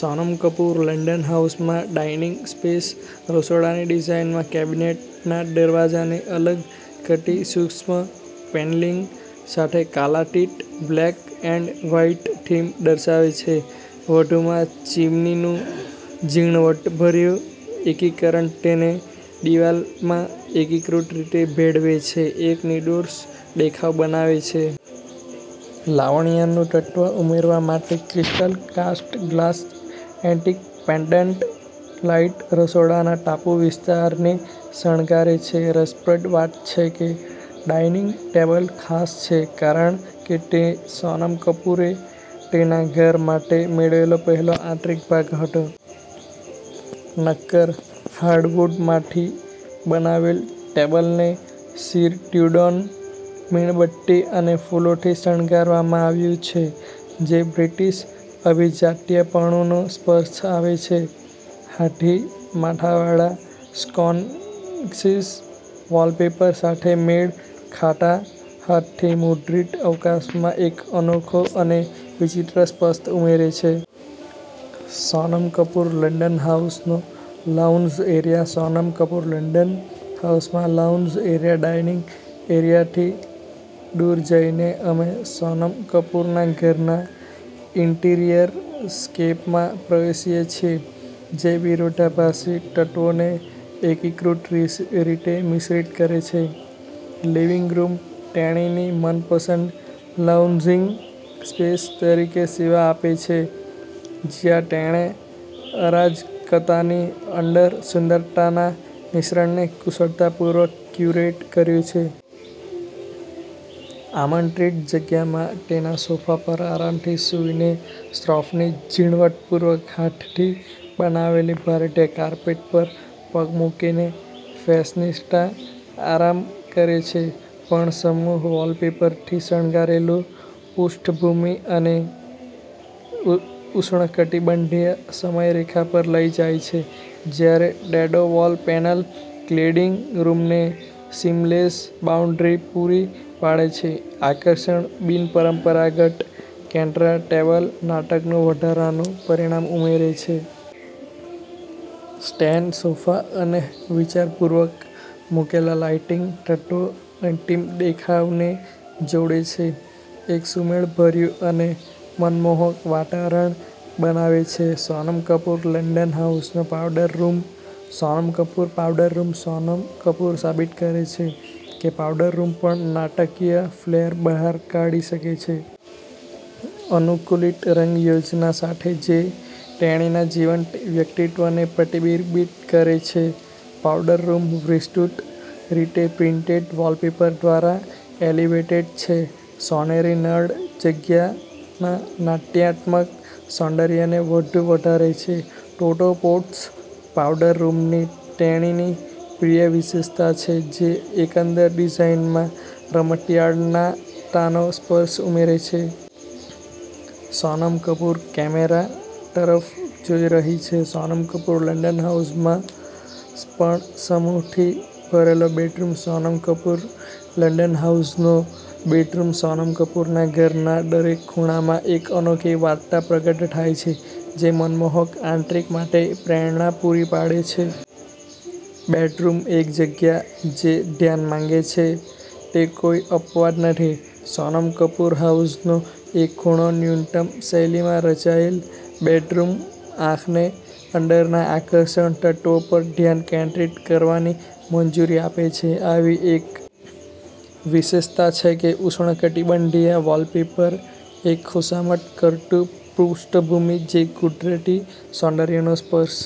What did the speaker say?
Sonam Kapoor London હાઉસમાં dining space રસોડાની ડિઝાઇનમાં કેબિનેટના દરવાજાને અલગ કરતી સૂક્ષ્મ પેનલિંગ સાથે કાલાતીત બ્લેક એન્ડ વ્હાઇટ થીમ દર્શાવે છે. વધુમાં, ચીમનીનું ઝીણવટભર્યું એકીકરણ તેને દિવાલમાં એકીકૃત રીતે ભેળવે છે, એક નિર્દોષ દેખાવ બનાવે છે. લાવણ્યનું તત્વ ઉમેરવા માટે, crystal cast glass antique pendant light રસોડાના ટાપુ વિસ્તારને શણગારે છે. રસપ્રદ વાત છે કે, ડાઇનિંગ ટેબલ ખાસ છે કારણ કે તે સોનમ કપૂરે તેના ઘર માટે મેળવેલો પહેલો આંતરિક ભાગ હતો. નક્કર હાર્ડવુડમાંથી બનાવેલ, ટેબલને સિર ટ્રુડોન મીણબત્તી અને ફૂલોથી શણગારવામાં આવ્યું છે, જે બ્રિટિશ અભિજાત્યપણુનો સ્પર્શ આપે છે. હાથી-માથાવાળા સ્કોન્સીસ, વૉલપેપર સાથે મેળ ખાતા હાથથી મુદ્રિત, અવકાશમાં એક અનોખો અને વિચિત્ર સ્પર્શ ઉમેરે છે. સોનમ કપૂર લંડન હાઉસનો lounge area Sonam Kapoor London હાઉસમાં લાઉન્જ એરિયા ડાઇનિંગ એરિયાથી દૂર જઈને, અમે સોનમ કપૂરના ઘરના ઈન્ટિરિયર સ્કેપમાં પ્રવેશીએ છીએ જે વિરોધાભાસી તત્વોને એકીકૃત રીતે મિશ્રિત કરે છે. લિવિંગ રૂમ તેણીની મનપસંદ લાઉન્જિંગ સ્પેસ તરીકે સેવા આપે છે, જ્યાં તેણે અરાજકતાની અંદર સુંદરતાના મિશ્રણને કુશળતાપૂર્વક ક્યુરેટ કર્યું છે. આમંત્રિત જગ્યામાં તેના સોફા પર આરામથી સૂઈને, શ્રોફની ઝીણવટપૂર્વક હાથથી બનાવેલી ભારતીય કાર્પેટ પર પગ મૂકીને ફેશનિસ્ટા આરામ કરે છે. પર્ણસમૂહ વૉલપેપરથી શણગારેલું પૃષ્ઠભૂમિ, અમને ઉષ્ણકટિબંધીય સમયરેખા પર લઈ જાય છે. જ્યારે ડેડો વોલ પેનલ ક્લેડીંગ રૂમને સીમલેસ બાઉન્ડ્રી પૂરી પાડે છે આકર્ષક, બિનપરંપરાગત કેન્દ્ર ટેબલ નાટકનું વધારાનું પરિમાણ ઉમેરે છે. સ્ટેન સોફા અને વિચારપૂર્વક મૂકેલા લાઇટિંગ તત્વો અંતિમ દેખાવને જોડે છે, એક સુમેળભર્યું અને મનમોહક વાતાવરણ બનાવે છે. સોનમ કપૂર લંડન હાઉસનો powder room Sonam Kapoor powder room Sonam Kapoor સાબિત કરે છે કે પાઉડર રૂમ પણ નાટકીય ફ્લેર બહાર કાઢી શકે છે. અનુકૂલિત રંગ યોજના સાથે જે તેણીના જીવંત વ્યક્તિત્વને પ્રતિબિંબિત કરે છે, પાવડર રૂમ વિસ્તૃત રીતે પ્રિન્ટેડ વૉલપેપર દ્વારા એલિવેટેડ છે. સોનેરી નળ જગ્યાના નાટ્યાત્મક સૌંદર્યને વધુ વધારે છે. ટોટો પોટ્સ પાવડર રૂમની તેણીની પ્રિય વિશેષતા છે, જે એકંદર ડિઝાઇનમાં રમતિયાળતાનો સ્પર્શ ઉમેરે છે. સોનમ કપૂર કેમેરા તરફ જોઈ રહી છે સોનમ કપૂર લંડન હાઉસમાં પર્ણસમૂહથી ભરેલો બેડરૂમ સોનમ કપૂર લંડન હાઉસનો બેડરૂમ સોનમ કપૂરના ઘરના દરેક ખૂણામાં, એક અનોખી વાર્તા પ્રગટ થાય છે, જે મનમોહક આંતરિક માટે પ્રેરણા પૂરી પાડે છે. બેડરૂમ, એક જગ્યા જે ધ્યાન માંગે છે, તે કોઈ અપવાદ નથી. સોનમ કપૂર હાઉસનો એક ખૂણો ન્યૂનતમ શૈલીમાં રચાયેલ, બેડરૂમ આંખને અંદરના આકર્ષક તત્વો પર ધ્યાન કેન્દ્રિત કરવાની મંજૂરી આપે છે. આવી એક વિશેષતા છે ઉષ્ણકટિબંધીય વૉલપેપર, એક ખુશામત કરતું પૃષ્ઠભૂમિ જે કુદરતી સૌંદર્યનો સ્પર્શ